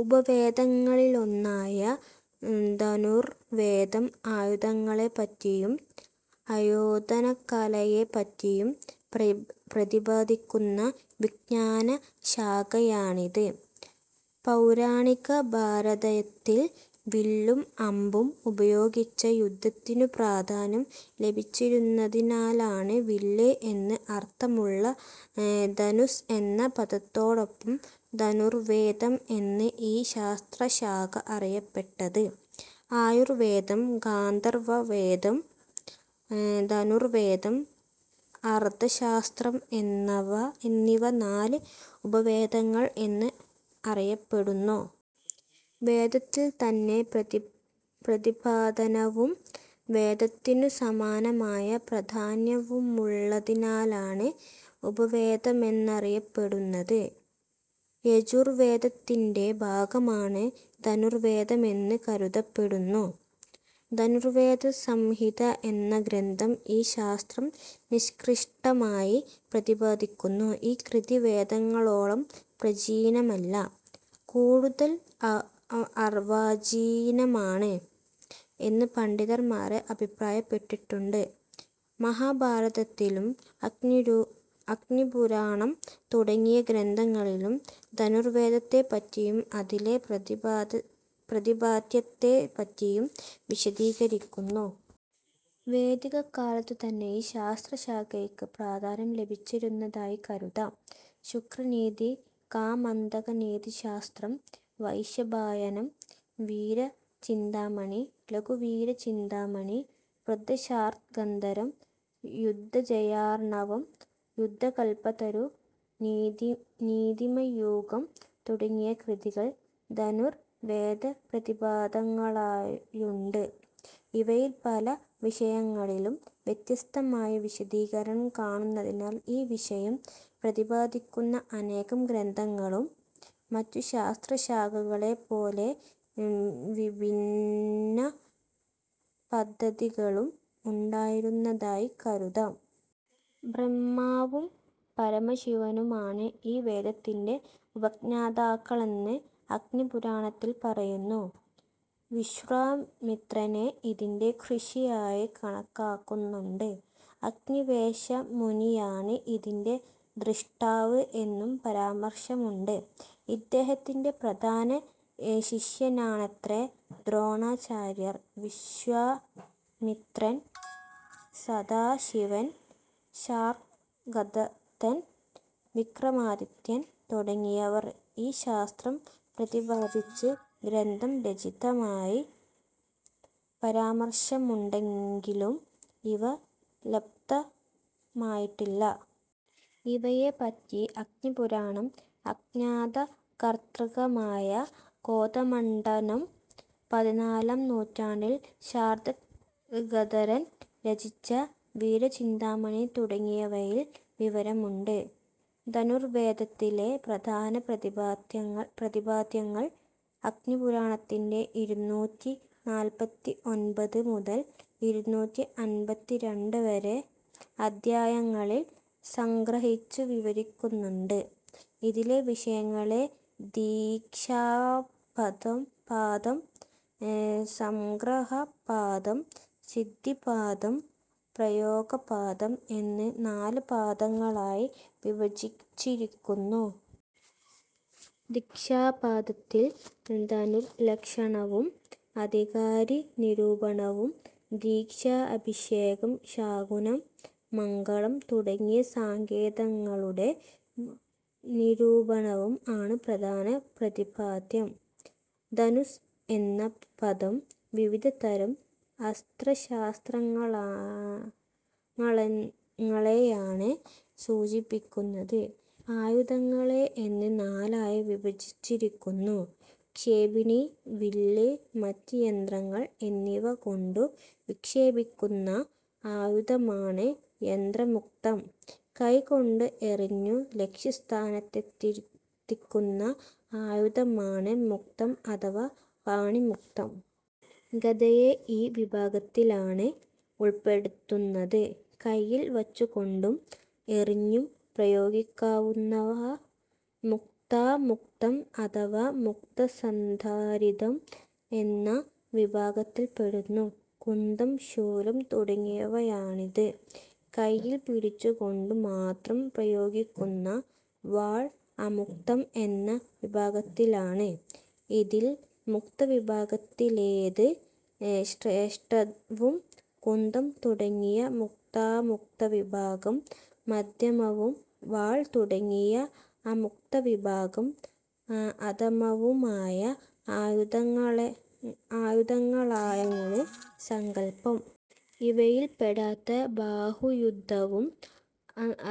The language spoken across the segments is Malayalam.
ഉപവേദങ്ങളിലൊന്നായ ധനുർവേദം ആയുധങ്ങളെപ്പറ്റിയും ആയോധനകലയെപ്പറ്റിയും പ്രതിപാദിക്കുന്ന വിജ്ഞാനശാഖയാണിത്. പൗരാണിക ഭാരതത്തിൽ വില്ലും അമ്പും ഉപയോഗിച്ചുള്ള യുദ്ധത്തിനു പ്രാധാന്യം ലഭിച്ചിരുന്നതിനാലാണ് വില്ല് എന്ന് അർഥമുള്ള ധനുസ്സ് എന്ന പദത്തോടൊപ്പം ധനുർവേദം എന്ന് ഈ ശാസ്ത്രശാഖ അറിയപ്പെട്ടത്. ആയുർവേദം, ഗാന്ധർവവേദം, ധനുർവേദം, അർഥശാസ്ത്രം എന്നിവ നാല് ഉപവേദങ്ങൾ എന്ന് അറിയപ്പെടുന്നു. വേദത്തിൽത്തന്നെ പ്രതിപാദനവും വേദത്തിനു സമാനമായ പ്രാധാന്യവുമുള്ളതിനാലാണ് ഉപവേദമെന്നറിയപ്പെടുന്നത്. യജുർവേദത്തിൻ്റെ ഭാഗമാണ് ധനുർവേദമെന്ന് കരുതപ്പെടുന്നു. ധനുർവേദസംഹിത എന്ന ഗ്രന്ഥം ഈ ശാസ്ത്രം നിഷ്കൃഷ്ടമായി പ്രതിപാദിക്കുന്നു. ഈ കൃതി വേദങ്ങളോളം പ്രാചീനമല്ല, കൂടുതൽ അർവാചീനമാണ് എന്ന് പണ്ഡിതന്മാർ അഭിപ്രായപ്പെട്ടിട്ടുണ്ട്. മഹാഭാരതത്തിലും അഗ്നിപുരാണം തുടങ്ങിയ ഗ്രന്ഥങ്ങളിലും ധനുർവേദത്തെപ്പറ്റിയും അതിലെ പ്രതിപാദ്യത്തെപ്പറ്റിയും വിശദീകരിക്കുന്നു. വൈദികകാലത്തു തന്നെ ഈ ശാസ്ത്ര ശാഖയ്ക്ക് പ്രാധാന്യം ലഭിച്ചിരുന്നതായി കരുതാം. ശുക്രനീതി, കാമന്ദകനീതിശാസ്ത്രം, വൈശമ്പായനം, വീരചിന്താമണി, ലഘുവീരചിന്താമണി, വൃദ്ധശാർങ്ഗധരം, യുദ്ധജയാർണവം, യുദ്ധകല്പതരു, നീതിമയൂഖം തുടങ്ങിയ കൃതികൾ ധനുർവേദപ്രതിപാദകങ്ങളായുണ്ട്. ഇവയിൽ പല വിഷയങ്ങളിലും വ്യത്യസ്തമായി വിശദീകരണം കാണുന്നതിനാൽ ഈ വിഷയം പ്രതിപാദിക്കുന്ന അനേകം ഗ്രന്ഥങ്ങളും മറ്റു ശാസ്ത്രശാഖകളെപ്പോലെ വിഭിന്ന പദ്ധതികളും ഉണ്ടായിരുന്നതായി കരുതാം. ബ്രഹ്മാവും പരമശിവനുമാണ് ഈ വേദത്തിൻ്റെ ഉപജ്ഞാതാക്കളെന്ന് അഗ്നിപുരാണത്തിൽ പറയുന്നു. വിശ്വാമിത്രനെ ഇതിൻ്റെ ഋഷിയായി കണക്കാക്കുന്നുണ്ട്. അഗ്നിവേശമുനിയാണ് ഇതിൻ്റെ ദ്രഷ്ടാവ് എന്നും പരാമർശമുണ്ട്. ഇദ്ദേഹത്തിൻ്റെ പ്രധാന ശിഷ്യനാണത്രെ ദ്രോണാചാര്യർ. വിശ്വാമിത്രൻ, സദാശിവൻ, ശാർങ്ഗദത്തൻ, വിക്രമാദിത്യൻ തുടങ്ങിയവർ ഈ ശാസ്ത്രം പ്രതിപാദിച്ച് ഗ്രന്ഥം രചിത്വമായി പരാമർശമുണ്ടെങ്കിലും ഇവ ലബ്ധമായിട്ടില്ല. ഇവയെപ്പറ്റി അഗ്നിപുരാണം, അജ്ഞാതകർതൃകമായ കോദമണ്ഡനം, പതിനാലാം നൂറ്റാണ്ടിൽ ശാർങ്ഗധരൻ രചിച്ച വീരചിന്താമണി തുടങ്ങിയവയിൽ വിവരണമുണ്ട്. ധനുർവേദത്തിലെ പ്രധാന പ്രതിപാദ്യങ്ങൾ അഗ്നിപുരാണത്തിൻ്റെ ഇരുന്നൂറ്റി നാല്പത്തി ഒൻപത് മുതൽ ഇരുന്നൂറ്റി അൻപത്തി രണ്ട് വരെ അധ്യായങ്ങളിൽ സംഗ്രഹിച്ചു വിവരിക്കുന്നുണ്ട്. ഇതിലെ വിഷയങ്ങളെ ദീക്ഷാപദം പാദം, സംഗ്രഹപാദം, സിദ്ധിപാദം, പ്രയോഗപാദം എന്ന് നാല് പാദങ്ങളായി വിഭജിച്ചിരിക്കുന്നു. ദീക്ഷാപാദത്തിൽ ധനുർലക്ഷണവും അധികാരി നിരൂപണവും ദീക്ഷ, അഭിഷേകം, ശാകുനം, മംഗളം തുടങ്ങിയ സങ്കേതങ്ങളുടെ നിരൂപണവും ആണ് പ്രധാന പ്രതിപാദ്യം. ധനുസ്സ് എന്ന പദം വിവിധതരം അസ്ത്രശാസ്ത്രങ്ങളെയാണ് സൂചിപ്പിക്കുന്നത്. ആയുധങ്ങളെ എന്ന് നാലായി വിഭജിച്ചിരിക്കുന്നു. ക്ഷേപിണി, വില്ല്, മറ്റ് യന്ത്രങ്ങൾ എന്നിവകൊണ്ടു വിക്ഷേപിക്കുന്ന ആയുധമാണ് യന്ത്രമുക്തം. കൈകൊണ്ട് എറിഞ്ഞു ലക്ഷ്യസ്ഥാനത്തെത്തിക്കുന്ന ആയുധമാണ് മുക്തം അഥവാ പാണിമുക്തം. ഗദയെ ഈ വിഭാഗത്തിലാണ് ഉൾപ്പെടുത്തുന്നത്. കൈയിൽ വച്ചുകൊണ്ടും എറിഞ്ഞും പ്രയോഗിക്കാവുന്നവ മുക്താമുക്തം അഥവാ മുക്തസന്ധാരിതം എന്ന വിഭാഗത്തിൽപ്പെടുന്നു. കുന്തം, ശൂലം തുടങ്ങിയവയാണിത്. കൈയിൽ പിടിച്ചുകൊണ്ടു മാത്രം പ്രയോഗിക്കുന്ന വാൾ അമുക്തം എന്ന വിഭാഗത്തിലാണ്. ഇതിൽ മുക്തവിഭാഗത്തിലേത് ശ്രേഷ്ഠവും കുന്തം തുടങ്ങിയ മുക്താമുക്ത വിഭാഗം മധ്യമവും വാൾ തുടങ്ങിയ അമുക്തവിഭാഗം അധമവുമായ ആയുധങ്ങളെ ആയുധങ്ങളായാണ് സങ്കല്പം. ഇവയിൽപ്പെടാത്ത ബാഹുയുദ്ധവും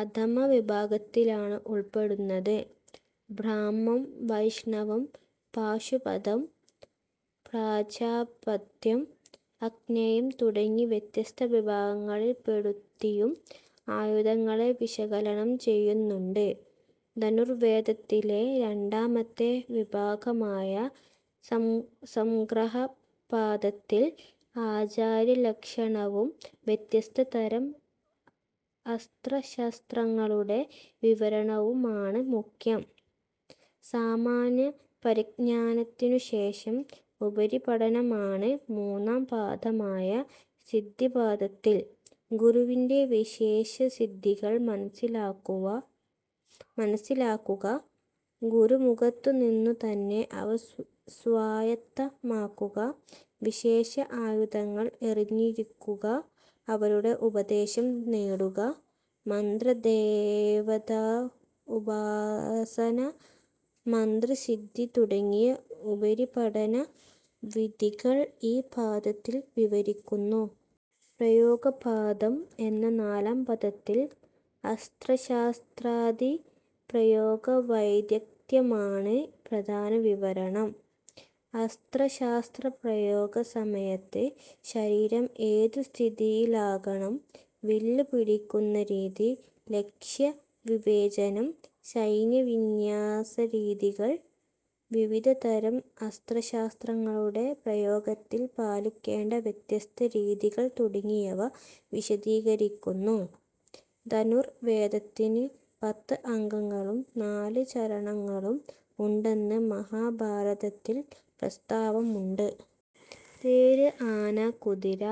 അധമ വിഭാഗത്തിലാണ് ഉൾപ്പെടുന്നത്. ബ്രാഹ്മം, വൈഷ്ണവം, പാശുപതം, പ്രാജാപത്യം, ആഗ്നേയം തുടങ്ങി വ്യത്യസ്ത വിഭാഗങ്ങളിൽപ്പെടുത്തിയും ആയുധങ്ങളെ വിശകലനം ചെയ്യുന്നുണ്ട്. ധനുർവേദത്തിലെ രണ്ടാമത്തെ വിഭാഗമായ സംഗ്രഹപാദത്തിൽ ആചാര്യലക്ഷണവും വ്യത്യസ്ത തരം അസ്ത്രശസ്ത്രങ്ങളുടെ വിവരണവുമാണ് മുഖ്യം. സാമാന്യപരിജ്ഞാനത്തിനുശേഷം ഉപരിപഠനമാണ് മൂന്നാം പാദമായ സിദ്ധിപാദത്തിൽ. ഗുരുവിൻ്റെ വിശേഷസിദ്ധികൾ മനസ്സിലാക്കുക; ഗുരുമുഖത്തു നിന്നുതന്നെ അവ സ്വായത്തമാക്കുക, വിശേഷ ആയുധങ്ങൾ അറിഞ്ഞിരിക്കുക, അവരുടെ ഉപദേശം നേടുക, മന്ത്രദേവതാഉപാസന, മന്ത്രസിദ്ധി തുടങ്ങിയ ഉപരിപഠന വിധികൾ ഈ പാദത്തിൽ വിവരിക്കുന്നു. പ്രയോഗപാദം എന്ന നാലാം പാദത്തിൽ അസ്ത്രശസ്ത്രാദി പ്രയോഗവൈദഗ്ദ്ധ്യമാണ് പ്രധാന വിവരണം. അസ്ത്ര ശാസ്ത്ര പ്രയോഗ സമയത്ത് ശരീരം ഏതു സ്ഥിതിയിലാകണം, വില്ല് പിടിക്കുന്ന രീതി, ലക്ഷ്യവിവേചനം, സൈന്യവിന്യാസരീതികൾ, വിവിധതരം അസ്ത്ര ശാസ്ത്രങ്ങളുടെ പ്രയോഗത്തിൽ പാലിക്കേണ്ട വ്യത്യസ്ത രീതികൾ തുടങ്ങിയവ വിശദീകരിക്കുന്നു. ധനുർവേദത്തിന് പത്ത് അംഗങ്ങളും നാല് ചരണങ്ങളും ഉണ്ടെന്ന് മഹാഭാരതത്തിൽ പ്രസ്താവമുണ്ട്. തേര്, ആന, കുതിര,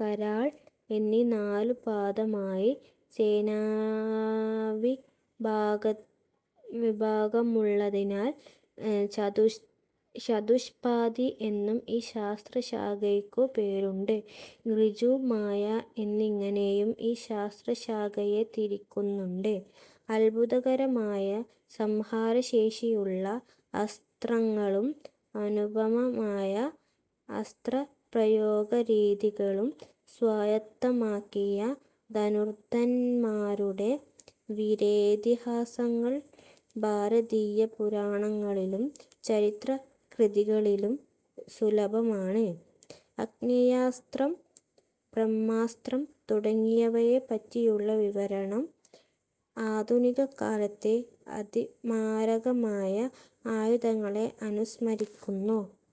കാലാൾ എന്ന് നാലു പാദമായി സേനാവിഭാഗമുള്ളതിനാൽ ചതുഷ്പാദി എന്നും ഈ ശാസ്ത്രശാഖയ്ക്കു പേരുണ്ട്. ഋജു, മായ എന്നിങ്ങനെയും ഈ ശാസ്ത്രശാഖയെ തിരിക്കുന്നുണ്ട്. അത്ഭുതകരമായ സംഹാരശേഷിയുള്ള അസ്ത്രങ്ങളും അനുപമമായ അസ്ത്രപ്രയോഗരീതികളും സ്വായത്തമാക്കിയ ധനുർധരന്മാരുടെ വീരേതിഹാസങ്ങൾ ഭാരതീയ പുരാണങ്ങളിലും ചരിത്ര കൃതികളിലും സുലഭമാണ്. ആഗ്നേയാസ്ത്രം, ബ്രഹ്മാസ്ത്രം തുടങ്ങിയവയെപ്പറ്റിയുള്ള വിവരണം ആധുനികകാലത്തെ അതിമാരകമായ ആയുധങ്ങളെ അനുസ്മരിപ്പിക്കുന്നു.